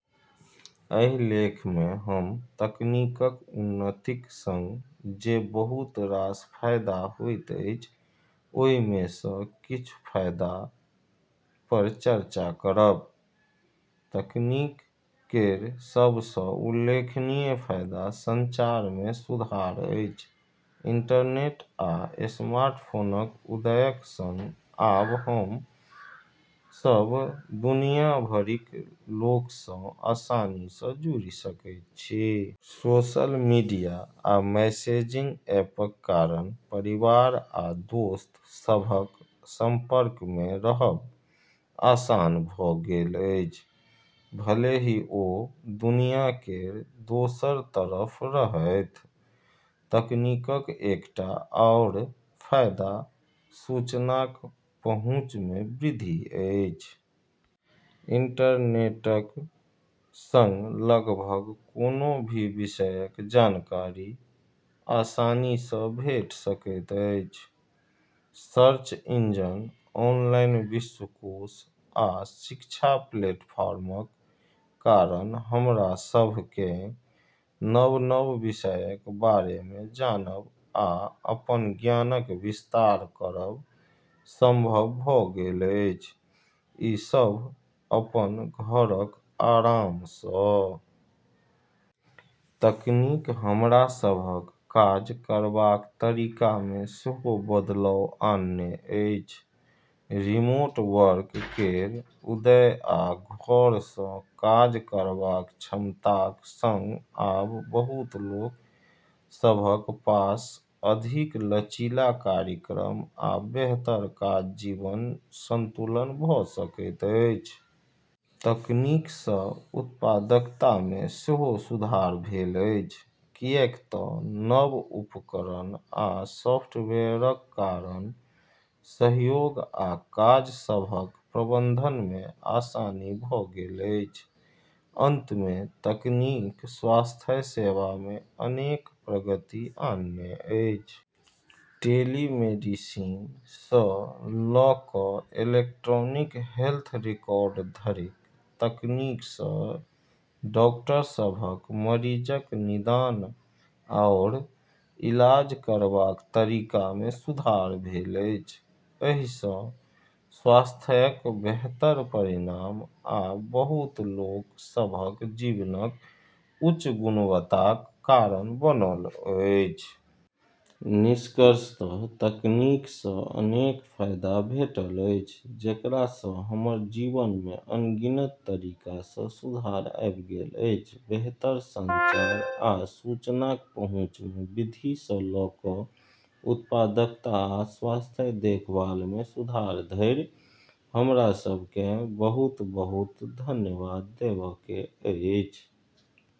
एहि लेख मे हम तकनीकक उन्नतिक सँग जे बहुत रास फायदा होइत अछि ओहि मे सँ किछ फायदा पर चर्चा करब। तकनीक केर सब सँ उल्लेखनीय फायदा संचार मे सुधार अछि। इंटरनेट आ स्मार्टफोनक उदयक सँग आब हम सभ दुनिया भरिक लोक सँ आसानी सँ जुड़ि सकैत छी। सोशल मीडिया आ मैसेजिंग ऐपक कारण परिवार आ दोस्त सभक संपर्क मे रहब आसान भऽ गेल अछि, भले ही ओ दुनिया केर दोसर तरफ रहथि। तकनीकक एकटा आओर फायदा सूचनाक पहुँच मे वृद्धि अछि। इंटरनेटक सँग लगभग कोनो भी विषयक जानकारी आसानी सँ भेट सकैत अछि। सर्च इंजन, ऑनलाइन विश्वकोश, आ शिक्षा प्लेटफॉर्मक कारण हमरा सभ केँ नव-नव विषयक बारे मे जानब आ अपन ज्ञानक विस्तार करब संभव भऽ गेल अछि, ई सभ अपन घरक आराम सँ। तकनीक हमरा सभक काज करबाक तरीका मे सेहो बदलाव आनने अछि। रिमोट वर्क केर उदय आ घर सँ काज करबाक क्षमताक सँग आब बहुत लोक सभक पास अधिक लचीला कार्यक्रम आ बेहतर काज-जीवन संतुलन भऽ सकैत अछि। तकनीक सँ उत्पादकता मे सेहो सुधार भेल अछि, किएक तँ नव उपकरण आ सॉफ्टवेयरक कारण सहयोग आ काज सभक प्रबंधन मे आसानी भऽ गेल अछि। अंत मे, तकनीक स्वास्थ्य सेवा मे अनेक प्रगति आनने अछि। टेलीमेडिसिन सँ लऽ कऽ इलेक्ट्रॉनिक हेल्थ रिकॉर्ड धरिक तकनीक सँ डॉक्टर सभक मरीजक निदान आओर इलाज करबाक तरीका मे सुधार भेल अछि। एहि सँ स्वास्थ्यक बेहतर परिणाम आ बहुत लोक सभक जीवनक उच्च गुणवत्ताक कारण बनल अछि। निष्कर्षतः तकनीक सँ अनेक फायदा भेटल अछि जेकरा सँ हमर जीवन मे अनगिनत तरीका सँ सुधार आइब गेल अछि। बेहतर संचार आ सूचनाक पहुँच मे वृद्धि सँ लऽ कऽ उत्पादकता आ स्वास्थ्य देखभाल मे सुधार धरि, हमरा सभ केँ बहुत-बहुत धन्यवाद देबअक अछि।